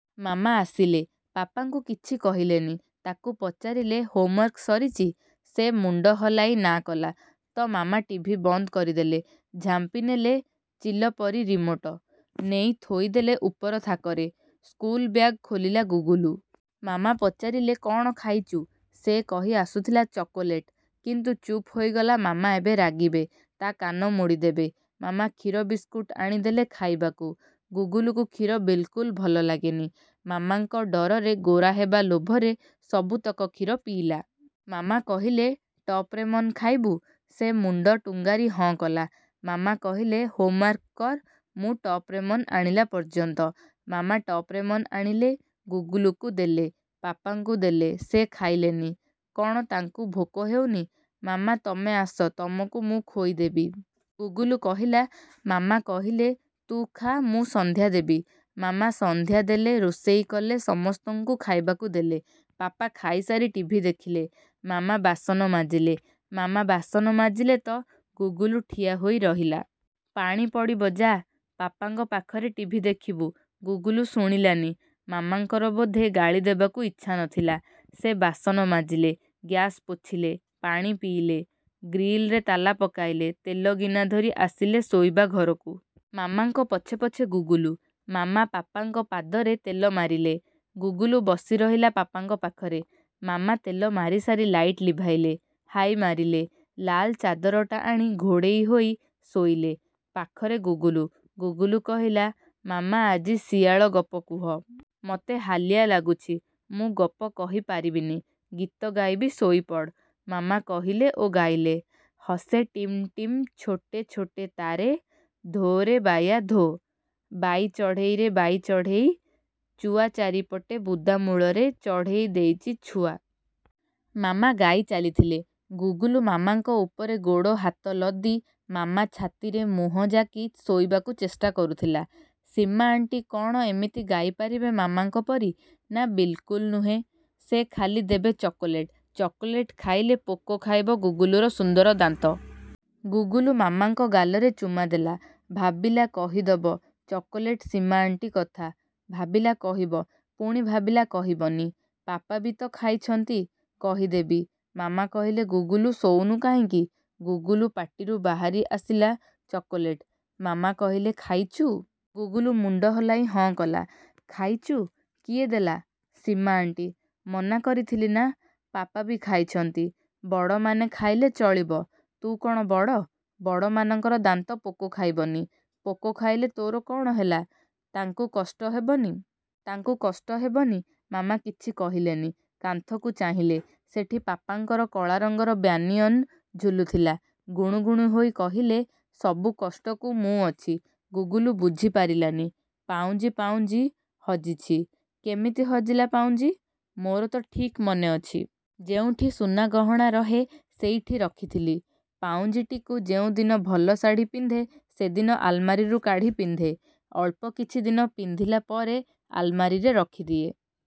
ମାମା ଆସିଲେ। ପାପାଙ୍କୁ କିଛି କହିଲେନି। ତାକୁ ପଚାରିଲେ,''ହୋମ୍ୱାର୍କ ସରିଛି? '' ସେ ମୁଣ୍ଡ ହଲାଇ ନା' କଲା ତ ମାମା ଟିଭି ବନ୍ଦ କରିଦେଲେ। ଝାମ୍ପି ନେଲେ ଚିଲ ପରି ରିମୋଟ। ନେଇ ଥୋଇ ଦେଲେ ଉପର ଥାକରେ। ସ୍କୁଲ ବ୍ୟାଗ୍ ଖୋଲିଲା ଗୁଗୁଲୁ। ମାମା ପଚାରିଲେ,''କ'ଣ ଖାଇଛୁ? ''ସେ କହି ଆସୁଥିଲା ''ଚକୋଲେଟ୍''। କିନ୍ତୁ ଚୁପ୍ ହୋଇଗଲା ମାମା ଏବେ ରାଗିବେ। ତା' କାନ ମୋଡ଼ି ଦେବେ। ମାମା କ୍ଷୀର ବିସ୍କୁଟ ଆଣି ଦେଲେ ଖାଇବାକୁ। ଗୁଗୁଲୁକୁ କ୍ଷୀର ବିଲକୁଲ ଭଲ ଲାଗେନି। ମାମାଙ୍କ ଡ଼ରରେ ଗୋରା ହେବା ଲୋଭରେ ସବୁତକ କ୍ଷୀର ପିଇଲା। ମାମା କହିଲେ, ''ଟପରେମନ୍ ଖାଇବୁ। '' ସେ ମୁଣ୍ଡ ଟୁଙ୍ଗାରି ହଁ କଲା। ମାମା କହିଲେ,'' ହୋମ୍ୱାର୍କ କର। ମୁଁ ଟପରେମନ୍ ଆଣିଲା ପର୍ଯ୍ୟନ୍ତ। '' ମାମା ଟପରମନ୍ ଆଣିଲେ। ଗୁଗୁଲୁକୁ ଦେଲେ,। ପାପାଙ୍କୁ ଦେଲେ। ସେ ଖାଇଲେନି। କ'ଣ ତାଙ୍କୁ ଭୋକ ହେଉନି। ''ମାମା ତମେ ଆସ, ତମକୁ ମୁଁ ଖୋଇ ଦେବି। '' ଗୁଗୁଲୁ କହିଲା। ମାମା କହିଲେ ''ତୁ ଖା' ମୁଁ ସଂଧ୍ୟା ଦେବି। '' ମାମା ସଂଧ୍ୟା ଦେଲେ ରୋଷେଇ କଲେ, ସମସ୍ତଙ୍କୁ ଖାଇବାକୁ ଦେଲେ। ପାପା ଖାଇସାରି ଟିଭି ଦେଖିଲେ। ମାମା ବାସନ ମାଜିଲେ। ମାମା ବାସନ ମାଜିଲେ ତ ଗୁଗୁଲୁ ଠିଆ ହୋଇ ରହିଲା। ''ପାଣି ପଡ଼ିବ ଯା'। ପାପାଙ୍କ ପାଖରେ ଟିଭି ଦେଖିବୁ। '' ଗୁଗୁଲୁ ଶୁଣିଲାନି। ମାମାଙ୍କର ବୋଧେ ଗାଳି ଦେବାକୁ ଇଚ୍ଛା ନ ଥିଲା। ସେ ବାସନ ମାଜିଲେ। ଗ୍ୟାସ ପୋଛିଲେ। ପାଣି ପିଇଲେ। ଗ୍ରୀଲରେ ତାଲା ପକାଇଲେ। ତେଲ ଗିନା ଧରି ଆସିଲେ ଶୋଇବା ଘରକୁ। ମାମାଙ୍କ ପଛେ ପଛେ ଗୁଗୁଲୁ। ମାମା ପାପାଙ୍କ ପାଦରେ ତେଲ ମାରିଲେ। ଗୁଗୁଲୁ ବସି ରହିଲା ପାପାଙ୍କ ପାଖରେ। ମାମା ତେଲ ମାରିସାରି ଲାଇଟ୍ ଲିଭାଇଇଲେ। ହାଇ ମାରିଲେ। ଲାଲ ଚାଦରଟା ଆଣି ଘୋଡ଼େଇ ହୋଇ ଶୋଇଲେ, ପାଖରେ ଗୁଗୁଲୁ। ଗୁଗୁଲୁ କହିଲା,''ମାମା ଆଜି ଶିଆଳ ଗପ କୁହ। '' ''ମୋତେ ହାଲିଆ ଲାଗୁଛି, ମୁଁ ଗପ କହି ପାରିବିନି। ଗୀତ ଗାଇବି ଶୋଇପଡ଼। '' ମାମା କହିଲେ ଓ ଗାଇଲେ, ''ହସେ ଟିମ୍ ଟିମ୍ ଛୋଟେ ଛୋଟେ ତାରେ '', ''ଧୋରେ ବାୟା ଧୋ '', ''ବାଇ ଚଢ଼େଇରେ ବାଇ ଚଢ଼େଇ ','' ଚୁଆ ଚାରିପଟେ ବୁଦା ମୂଳରେ ଚଢ଼େଇ ଦେଇଛି ଛୁଆ-। '' ମାମା ଗାଇଚାଲିଥିଲେ। ଗୁଗୁଲୁ ମାମାଙ୍କ ଉପରେ ଗୋଡ଼, ହାତ ଲଦି, ମାମା ଛାତିରେ ମୁହଁ ଜାକି ଶୋଇବାକୁ ଚେଷ୍ଟା କରୁଥିଲା। ସୀମା ଆଣ୍ଟି କ'ଣ ଏମିତି ଗାଇ ପାରିବେ ମାମାଙ୍କ ପରି! ନା' ବିଲ୍କୁଲ ନୁହେଁ। ସେ ଖାଲି ଦେବେ ଚକୋଲେଟ୍। ଚକୋଲେଟ୍ ଖାଇଲେ ପୋକ ଖାଇବ ଗୁଗୁଲୁର ସୁନ୍ଦର ଦାନ୍ତ। ଗୁଗୁଲୁ ମାମାଙ୍କ ଗାଲରେ ଚୁମା ଦେଲା। ଭାବିଲା କହିଦବ,''ଚକୋଲେଟ୍, ସୀମା ଆଣ୍ଟି କଥା। '' ଭାବିଲା କହିବ। ପୁଣି ଭାବିଲା କହିବନି। ପାପା ବି ତ ଖାଇଛନ୍ତି। କହିଦେବି। ମାମା କହିଲେ,''ଗୁଗୁଲୁ ଶୋଉନୁ କାହିଁକି? '' ଗୁଗୁଲୁ ପାଟିରୁ ବାହାରି ଆସିଲା -''ଚକୋଲେଟ୍। '' ମାମା କହିଲେ,''ଖାଇଛୁ। '' ଗୁଗୁଲୁ ମୁଣ୍ଡ ହଲାଇ ହଁ କଲା। ''ଖାଇଛୁ? '' କିଏ ଦେଲା? ସୀମା ଆଣ୍ଟି। ମନା କରିଥିଲି ନା। ପାପା ବି ଖାଇଛନ୍ତି। ବଡ଼ମାନେ ଖାଇଲେ ଚଳିବ। ତୁ କ'ଣ ବଡ଼? ବଡ଼ମାନଙ୍କର ଦାନ୍ତ ପୋକଖାଇବନି? ପୋକ ଖାଇଲେ ତୋର କ'ଣ ହେଲା? ତାଙ୍କୁ କଷ୍ଟ ହେବନି। ତାଙ୍କୁ କଷ୍ଟ ହେବନି। ମାମା କିଛି କହିଲେନି। କାନ୍ଥକୁ ଚାହିଁଲେ। ସେଠି ପାପାଙ୍କର କଳାରଙ୍ଗର ବ୍ୟାନିୟନ୍ ଝୁଲୁଥିଲା। ଗୁଣୁଗୁଣୁ ହୋଇ କହିଲେ, ''ସବୁ କଷ୍ଟକୁ ମୁଁ ଅଛି। '' ଗୁଗୁଲୁ ବୁଝି ପାରିଲାନି। ପାଉଁଜି ପାଉଁଜି ହଜିଛି। କେମିତି ହଜିଲା ପାଉଁଜି। ମୋର ତ ଠିକ୍ ମନେଅଛି। ଯେଉଁଠି ସୁନାଗହଣା ରହେ ସେଇଠି ରଖିଥିଲି। ପାଉଁଜିଟିକୁ ଯେଉଁଦିନ ଭଲ ଶାଢ଼ୀ ପିନ୍ଧେ ସେଦିନ ଆଲମାରିରୁ କାଢ଼ି ପିନ୍ଧେ। ଅଳ୍ପକିଛି ଦିନ ପିନ୍ଧିଲା ପରେ ଆଲମାରୀରେ ରଖିଦିଏ।